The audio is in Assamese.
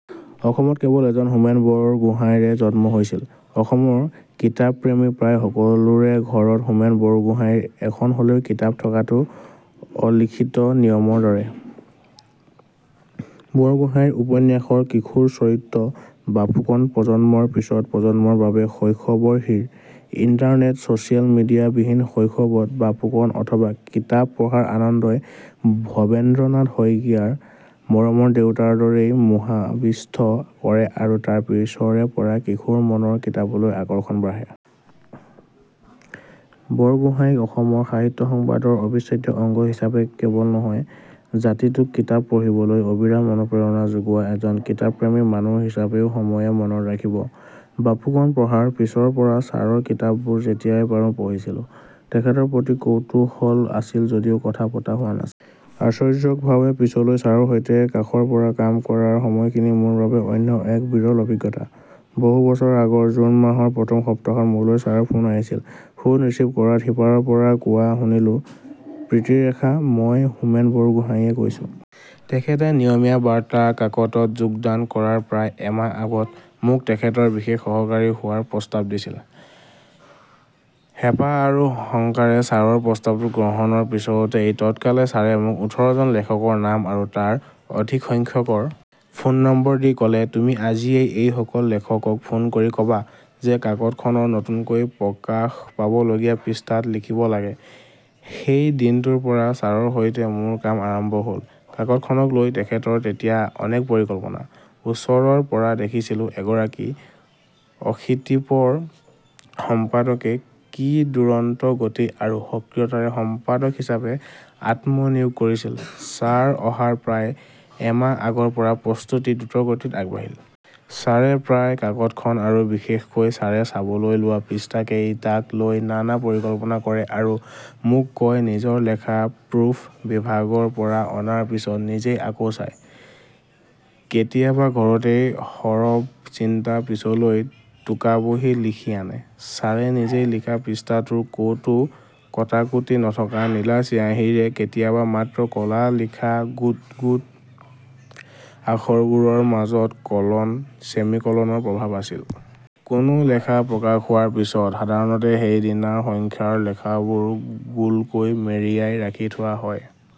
অসমত কেৱল এজন হোমেন বৰগোহাঞিৰে জন্ম হৈছিল৷ অসমৰ কিতাপপ্ৰেমী প্ৰায় সকলোৰে ঘৰত হোমেন বৰগোহাঞিৰ এখন হলেও কিতাপ থকাটো অলিখিত নিয়মৰ দৰে৷ বৰগোহাঞিৰ উপন্যাসৰ কিশোৰ চৰিত্ৰ বাপুকণ প্ৰজন্মৰ পিছত প্ৰজন্মৰ বাবে শৈশৱৰ হিৰ'৷ ইন্টাৰনেট, ছচিয়েল মিডিয়াবিহীন শৈশৱত বাপুকণ অথবা কিতাপ পঢ়াৰ আনন্দই ভবেন্দ্ৰনাথ শইকীয়াৰ মৰমৰ দেউতাৰ দৰেই মোহাবিষ্ট কৰে আৰু তাৰ পিছৰে পৰা কিশোৰ মনৰ কিতাপলৈ আকৰ্ষণ বাঢ়ে। বৰগোহাঞিক অসমৰ সাহিত্যসংবাদৰ অবিচ্ছেদ্য অংগ হিচাপে কেৱল নহয়, জাতিটোক কিতাপ পঢ়িবলৈ অবিৰাম অনুপ্ৰেৰণা যোগোৱা এজন কিতাপপ্ৰেমী মানুহ হিচাপেও সময়ে মনত ৰাখিব। বাপুকণ পঢ়াৰ পিছৰ পৰা ছাৰৰ কিতাপবোৰ যেতিয়াই পাৰো পঢ়িছিলোঁ। তেখেতৰ প্ৰতি কৌতূহল আছিল যদিও কথা পতা হোৱা নাছিল। আশ্বৰ্যকৰভাবে পিছলৈ ছাৰৰ সৈতে কাষৰ পৰা কাম কৰাৰ সময়খিনি মোৰ বাবে অন্য এক বিৰল অভিজ্ঞতা৷ বহু বছৰ আগৰ‌ জুন মাহৰ প্ৰথম সপ্তাহত মোলৈ ছাৰৰ ফোন আহিছিল। ফোন ৰিচিভ কৰাত সিপাৰৰ পৰা কোৱা শুনিলোঁ, প্ৰীতিৰেখা মই হোমেন বৰগোহাঁঞিয়ে কৈছোঁ। তেখেতে নিয়মীয়া বাৰ্তা কাকতত যোগদান কৰাৰ প্ৰায় এমাহ আগত মোক তেখেতৰ বিশেষ সহকাৰী হোৱাৰ প্ৰস্তাৱ দিছিলে। হেঁপাহ আৰু শংকাৰে ছাৰৰ প্ৰস্তাৱটো গ্ৰহণৰ পিছতে তৎকালে ছাৰে মোক ওঠৰ জন লেখকৰ নাম আৰু তাৰ অধিকসংখ্যকৰ ফোন নম্বৰ দি ক'লে তুমি আজিয়ে এইসকল লেখকক ফোন কৰি ক'বা যে কাকতখনৰ নতুনকৈ প্ৰকাশ পাবলগীয়া পৃষ্ঠাত লিখিব লাগে৷ সেই দিনটোৰ পৰা ছাৰৰ সৈতে মোৰ কাম আৰম্ভ হ'ল৷ কাকতখনক লৈ তেখেতৰ তেতিয়া অনেক পৰিকল্পনা৷ ওচৰৰ পৰা দেখিছিলোঁ এগৰাকী অশীতিপৰ সম্পাদকে কি দূৰন্ত গতি আৰু সক্ৰিয়তাৰে সম্পাদক হিচাপে আত্মনিয়োগ কৰিছিল৷ ছাৰ অহাৰ প্ৰায় এমাহ আগৰ পৰা প্ৰস্তুতি দ্ৰুতগতিত আগবাঢ়িল। ছাৰে প্ৰায়ে কাকতখন আৰু বিশেষকৈ ছাৰে চাবলৈ লোৱা পৃষ্ঠাকেইটাক লৈ নানা পৰিকল্পনা কৰে আৰু মোক কয় নিজৰ লেখা প্ৰুফ বিভাগৰ পৰা অনাৰ পিছত নিজে আকৌ চায়৷ কেতিয়াবা ঘৰতে সৰৱ চিন্তা পিছলৈ টোকাবহী লিখি আনে৷ ছাৰে নিজে লিখা পৃষ্ঠাটোৰ ক'তো কটাকূটা নথকা নীলা চিঞাহীৰে কেতিয়াবা মাত্ৰ ক'লা লিখা গোট গোট আখৰবোৰৰ মাজত কলন, চেমিকলনৰ প্ৰভাৱ আছিল। কোনো লেখা প্ৰকাশ হোৱাৰ পিছত সাধাৰণতে সেইদিনাৰ সংখ্যাৰ লেখাবোৰ গোলকৈ মেৰিয়াই ৰাখি থোৱা হয়।